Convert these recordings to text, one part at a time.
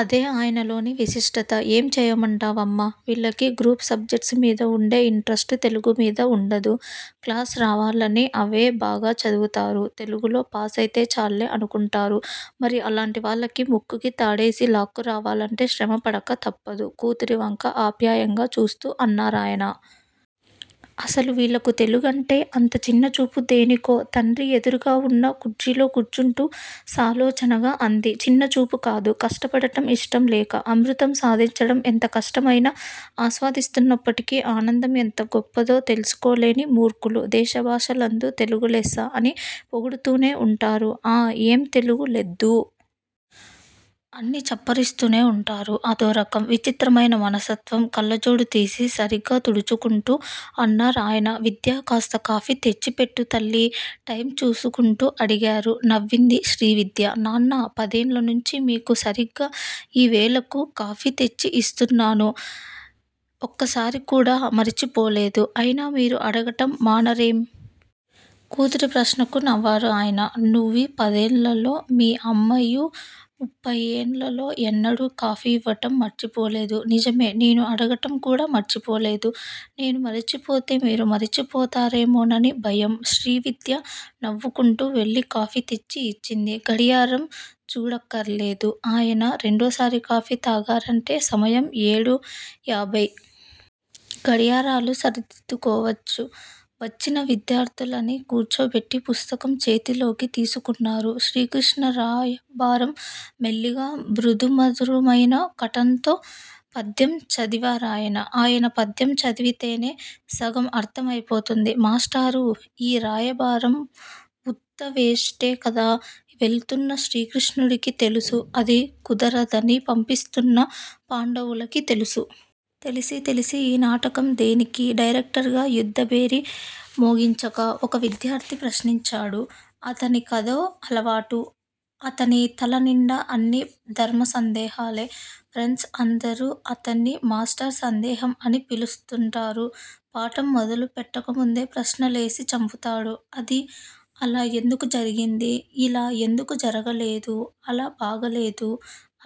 అదే ఆయనలోని విశిష్టత! ఏం చెయ్యమంటావమ్మా. వీళ్ళకి గ్రూప్ సబ్జెక్ట్స్ మీద వుండే యింట్రస్టు తెలుగుమీద వుండదు. క్లాస్ రావాలని అవే బాగా చదువుతారు. తెలుగులో పాసైతే చాల్లే అనుకుంటారు. మరి అలాంటి వాళ్ళకి ముక్కుకి తాడేసి లాక్కురావాలంటే శ్రమ పడక తప్పదు కూతురివంక ఆప్యాయంగా చూస్తూ అన్నారాయన. అసలు వీళ్ళకి తెలుగంటే అంత చిన్నచూపు దేనికో తండ్రి ఎదురుగావున్న కుర్చీలో కూర్చుంటూ సాలోచనగా అంది. చిన్నచూపు కాదు. కష్టపడటం యిష్టంలేక. అమృతం సాధించడం ఎంతకష్టమైనా ఆస్వాదిస్తున్నప్పటి ఆనందం ఎంత గొప్పదో తెలుసుకోలేని మూర్ఖులు. దేశ భాషలందు తెలుగు లెస్స అని పొగుడుతూనే వుంటారు. ఆ ఏం తెలుగు లెద్దూ! అన్ని చప్పరిస్తూనే వుంటారు. అదోరకం చిత్రమైన మనస్తత్వం కళ్ళజోడుతీసి సరిగా తుడుచుకుంటూ అన్నారాయన. విద్యా కాస్త కాఫీ తెచ్చిపెట్టు తల్లీ! టైమ్ చూసుకుంటూ అడిగారు. నవ్వింది శ్రీవిద్య. నాన్నా! పదేళ్ళనుంచి మీకు సరీగా యీవేళకు కాఫీ తెచ్చి యిస్తున్నాను. ఒక్కసారికూడా మర్చిపోలేదు. అయినా మీరు అడగటం మానరేం? కూతురి ప్రశ్నకు నవ్వారాయన. నువ్వీ పదేళ్ళలో మీ అమ్మ యీ ముప్పయ్యేళ్ళల్లో ఎన్నడూ కాఫీ ఇవ్వటం మర్చిపోలేదు. నిజమే నేను అడగటం కూడా మర్చిపోలేదు. నేను మరిచిపోతే మీరూ మరిచిపోతారేమోనని భయం. శ్రీవిద్య నవ్వుకుంటూ వెళ్ళి కాఫీ తెచ్చి యిచ్చింది. గడియారం చూడక్కర్లేదు. ఆయన రెండోసారి కాఫీ తాగారంటే సమయం ఏడూ యాభై. గడియారాలు సరిదిద్దుకోవచ్చు. వచ్చిన విద్యార్ధులని కూచోబెట్టి పుస్తకం చేతిలోకి తీసుకున్నారు. శ్రీకృష్ణరాయబారం మెల్లిగా మృదుమధురమైన కంఠంతో పద్యం చదివారాయన. ఆయన పద్యం చదివితేనే సగం అర్ధమైపోతుంది. మాస్టారూ! యీ రాయబారం వుత్త వేస్టే కదా! వెళుతున్న శ్రీకృష్ణుడికీ తెలుసు అది కుదరదని పంపిస్తున్న పాండవులకీ తెలుసు. తెలిసి తెలిసీ యీ నాటకం దేనికి? డైరక్టుగా యుద్ధభేరీ మోగించక? ఒక విద్యార్ధి ప్రశ్నించాడు. అతని కదో అలవాటు. అతని తలనిండా అన్నీ ధర్మసందేహాలే. ఫ్రండ్సందరూ అతన్ని మాస్టర్ సందేహం అని పిలుస్తుంటారు. పాఠం మొదలుపెట్టకముందే ప్రశ్నలేసి చంపుతాడు. 'అది అలా ఎందుకు జరిగింది? ఇలా ఎందుకు జరగలేదు; అలా బాగాలేదు'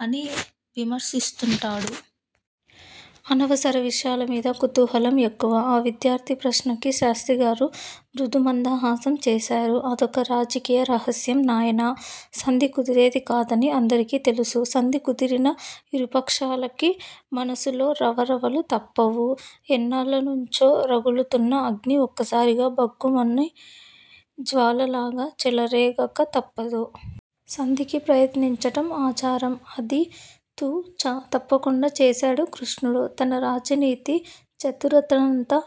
అని విమర్శిస్తుంటాడు. అనవసర విషయాలమీద కుతూహలం ఎక్కువ. ఆ విద్యార్ధి ప్రశ్నకి శాస్త్రిగారు మృదుమందహాసం చేశారు. అదొక రాజకీయ రహస్యం నాయనా! సంధి కుదిరేది కాదని అందరికీ తెలుసు. సంధి కుదిరినా యిరుపక్షాలకీ మనసులో రవరవలు తప్పవు. ఎన్నాళ్ళనుంచో రగులుతున్న అగ్ని ఒక్కసారి భగ్గుమని జ్వాలలాగా చెలరేగక తప్పదు. సంధికి ప్రయత్నించటం ఆచారం. అది తు. చ. తప్పకుండా చేశాడు కృష్ణుడు. తన రాజనీతి చతురతనంతా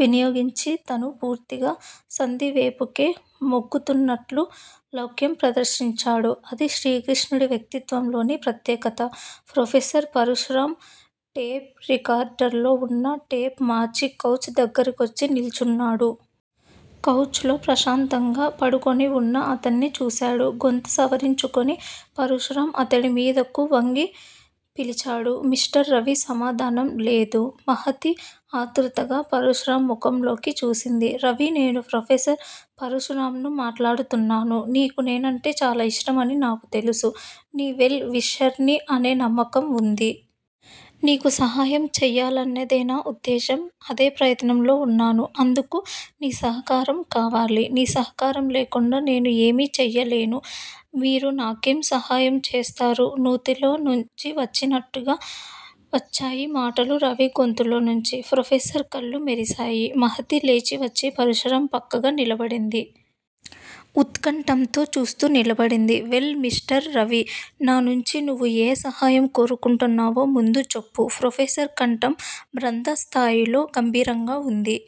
వినియోగించి తను పూర్తిగా సంధివేపుకే మొగ్గుతున్నట్లు లౌక్యం ప్రదర్శించాడు. అది శ్రీకృష్ణుడి వ్యక్తిత్వంలోని ప్రత్యేకత ప్రొఫెసర్ పరశురాం, టేప్ రికార్డర్ లో వున్న టేప్ మార్చి కౌచ్ దగ్గరకొచ్చి నిల్చున్నాడు. కౌచ్ లో ప్రశాంతంగా పడుకొని వున్న అతన్ని చూశాడు. గొంతుసవరించుకొని పరశురాం అతడిమీదకు వంగి పిల్చాడు. మిస్టర్ రవి సమాధానం లేదు. మహతి ఆతృతగా పరశురాం ముఖంలోకి చూసింది. రవి నేను ప్రొఫెసర్ పరశురాంను మాట్లాడుతున్నాను. నీకు నేనంటే చాలాఇష్టం అని నాకు తెలుసు. నీ వెల్ విషర్ ని అనే నమ్మకం ఉంది. నీకు సహాయం చెయ్యాలనేదేనా ఉద్దేశ్యం. అదే ప్రయత్నంలో ఉన్నాను. అందుకు నీ సహకారం కావాలి. నీ సహకారం లేకుండా నేను ఏమిచెయ్యలేను. మీరు నాకేం సహాయం చేస్తారూ నూతిలో నుంచివచ్చినట్టుగా వచ్చాయి మాటలు రవి గొంతులో నుంచి. ప్రొఫెసర్ కళ్ళు మెరిశాయి. మహతి లేచివచ్చి పరశురాం పక్కగా నిలబడింది. ఉత్కంఠతో చూస్తూ నిలబడింది. Well mister Ravi! నా నుంచి నువు ఏ సహాయం కోరుకుంటున్నావో ముందుచెప్పు ప్రొఫెసర్ కంఠం మంద్రస్థాయిలో గంభీరంగా వుంది.